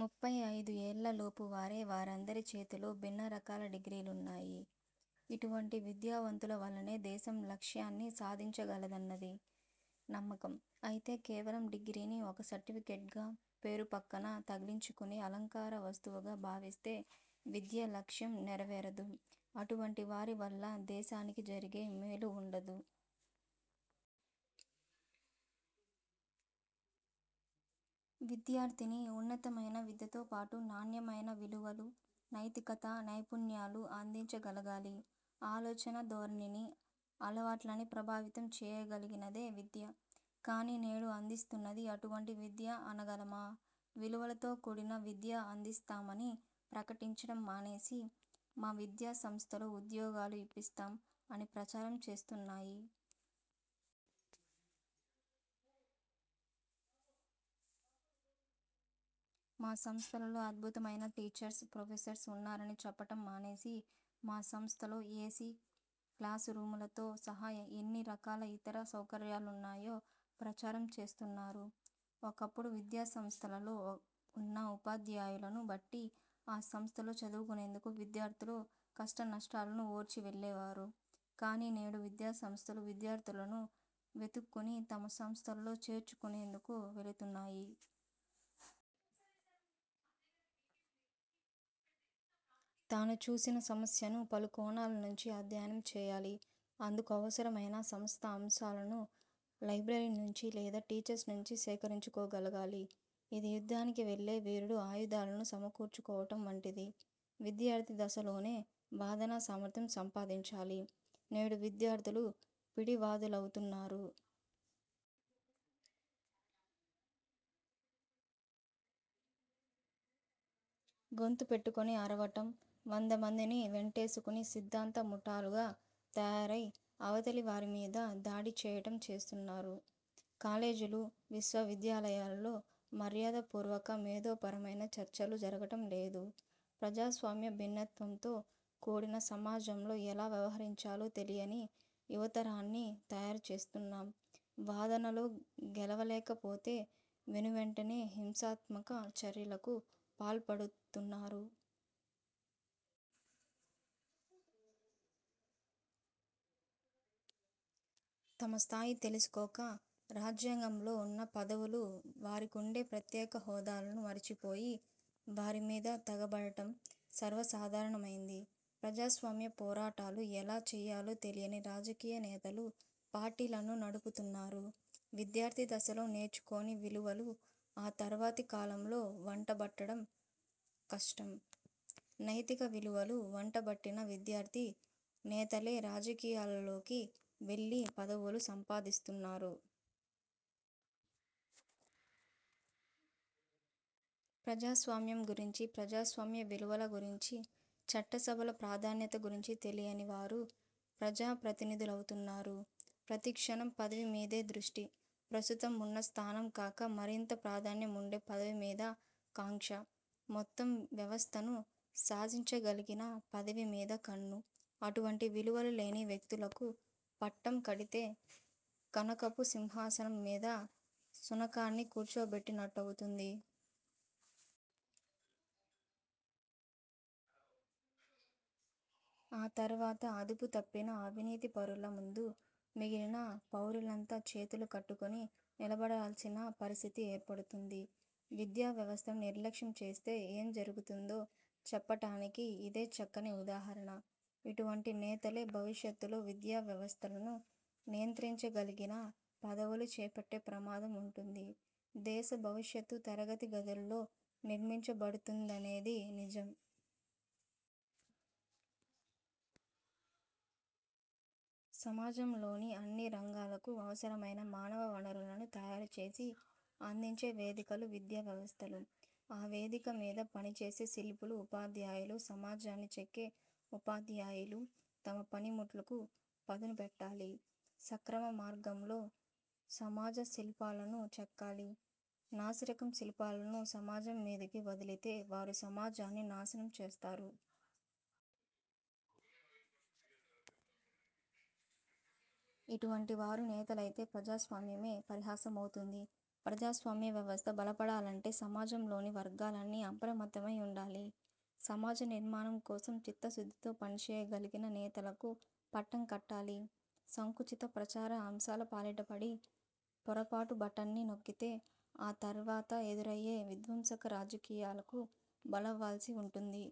ముప్పై ఐదుఏళ్ళ లోపువారే. వారందరి చేతిలో భిన్న రకాల డిగ్రీలున్నాయి. ఇటువంటి విద్యావంతుల వల్లనే దేశం లక్ష్యాన్ని సాధించగలదన్నది నమ్మకం. అయితే కేవలం డిగ్రీని ఒక సర్టిఫికేట్గా, పేరుపక్కన తగిలించుకునే అలంకార వస్తువుగా భావిస్తే విద్య లక్ష్యం నెరవేరదు. అటువంటి వారి వల్ల దేశానికి జరిగే మేలు వుండదు. విద్యార్థిని ఉన్నతమైన విద్యతో పాటు నాణ్యమైన విలువలు, నైతికత, నైపుణ్యాలు అందించగలగాలి. ఆలోచనా ధోరణిని, అలవాట్లని ప్రభావితం చెయ్యగలిగినదే విద్య. కానీ నేడు అందిస్తున్నది అటువంటి విద్య అనగలమా! విలువలతో కూడిన విద్య అందిస్తామని ప్రకటించటం మానేసి, మా విద్యాసంస్థలో ఉద్యోగాలు ఇప్పిస్తాం అని ప్రచారం చేస్తున్నాయి. మా సంస్థలలో అద్భుతమైన టీచర్స్, ప్రొఫెసర్స్ ఉన్నారని చెప్పటం మానేసి, మా సంస్థలో ఏసీ క్లాసు రూములతో సహా ఎన్ని రకాల ఇతర సౌకర్యాలున్నాయో ప్రచారం చేస్తున్నారు. ఒకప్పుడు విద్యాసంస్థలలో ఉన్న ఉపాధ్యాయులను బట్టి ఆ సంస్థలో చదువుకునేందుకు విద్యార్థులు కష్టనష్టాలకు ఓర్చి వెళ్ళేవారు. కానీ నేడు విద్యాసంస్థలు విద్యార్థులను వెతుక్కుని తమ సంస్థలో చేర్చుకునేందుకు వెళుతున్నాయి. తాను చూసిన సమస్యను పలు కోణాల నుంచి అధ్యయనం చేయాలి. అందుకు అవసరమైన సమస్త అంశాలను లైబ్రరీ నుంచి లేదా టీచర్స్ నుంచి సేకరించుకోగలగాలి. ఇది యుద్ధానికి వెళ్ళే వీరుడు ఆయుధాలను సమకూర్చుకోవటం వంటిది. విద్యార్థి దశలోనే వాదనా సామర్థ్యం సంపాదించాలి. నేడు విద్యార్థులు పిడివాదులవుతున్నారు. గొంతు పెట్టుకుని అరవటం, వందమందిని వెంటేసుకుని సిద్ధాంత ముఠాలుగా తయారై అవతలివారి మీద దాడి చెయ్యటం చేస్తున్నారు. కాలేజీలు, విశ్వవిద్యాలయాలలో మర్యాదపూర్వక, మేధోపరమైన చర్చలు జరగటం లేదు. ప్రజాస్వామ్య, భిన్నత్వంతో కూడిన సమాజంలో ఎలా వ్యవహరించాలో తెలియని యువతరాన్ని తయారుచేస్తున్నాం. వాదనలో గెలవలేకపోతే వెనువెంటనే హింసాత్మక చర్యలకు పాల్పడుతున్నారు. తమస్థాయి తెలుసుకోక, రాజ్యాంగంలో ఉన్న పదవులు వారికుండే ప్రత్యేక హోదాలను మరచిపోయి వారి మీద తెగబడటం సర్వసాధారణమైంది. ప్రజాస్వామ్య పోరాటాలు ఎలా చెయ్యాలో తెలియని రాజకీయ నేతలు పార్టీలను నడుపుతున్నారు. విద్యార్థి దశలో నేర్చుకోని విలువలు ఆ తర్వాతి కాలంలో వంటబట్టడం కష్టం. నైతిక విలువలు వంటబట్టిన విద్యార్థి నేతలే రాజకీయాలలోకి వెళ్ళి పదవులు సంపాదిస్తున్నారు. ప్రజాస్వామ్యం గురించి, ప్రజాస్వామ్య విలువల గురించి, చట్టసభల ప్రాధాన్యత గురించి తెలియని వారు ప్రజాప్రతినిధులవుతున్నారు. ప్రతిక్షణం పదవి మీదే దృష్టి. ప్రస్తుతం ఉన్న స్థానం కాక మరింత ప్రాధాన్యం ఉండే పదవి మీద కాంక్ష, మొత్తం వ్యవస్థను శాసించగలిగిన పదవి మీద కన్ను. అటువంటి విలువలు లేని వ్యక్తులకు పట్టం కడితే కనకపు సింహాసనం మీద శునకాన్ని కూర్చోబెట్టినట్టవుతుంది. ఆ తర్వాత అదుపుతప్పిన అవినీతిపరుల ముందు మిగిలిన పౌరులంతా చేతులు కట్టుకుని నిలబడాల్సిన పరిస్థితి ఏర్పడుతుంది. విద్యావ్యవస్థను నిర్లక్ష్యం చేస్తే ఏం జరుగుతుందో చెప్పటానికి యిదే చక్కని ఉదాహరణ. ఇటువంటి నేతలే భవిష్యత్తులో విద్యావ్యవస్థలను నియంత్రించగలిగిన పదవులు చేపట్టే ప్రమాదం ఉంటుంది. దేశ భవిష్యత్తు తరగతి గదుల్లో నిర్మించబడుతుందనేది నిజం. సమాజంలోని అన్ని రంగాలకు అవసరమైన మానవ వనరులను తయారు చేసి, అందించే వేదికలు విద్యాసంస్థలు. ఆ వేదిక మీద పనిచేసే శిల్పులు ఉపాధ్యాయులు. సమాజాన్ని చెక్కే ఉపాధ్యాయులు తమ పనిముట్లకు పదనుపెట్టాలి. సక్రమ మార్గంలో సమాజ శిల్పాలను చెక్కాలి. నాసిరకం శిల్పాలను సమాజం మీదికి వదిలితే వారు సమాజాన్ని నాశనం చేస్తారు. ఇటువంటి వారు నేతలైతే ప్రజాస్వామ్యమే పరిహాసమవుతుంది. ప్రజాస్వామ్య వ్యవస్థ బలపడాలంటే సమాజంలోని వర్గాలన్నీ అప్రమత్తమై వుండాలి. సమాజ నిర్మాణం కోసం చిత్తశుద్ధితో పనిచేయగలిగిన నేతలకు పట్టం కట్టాలి. సంకుచిత ప్రచార అంశాల పాలిట పడి, పొరపాటు బటన్ని నొక్కితే ఆ తర్వాత ఎదురయ్యే విధ్వంసక రాజకీయాలకు బలవ్వాల్సి ఉంటుంది.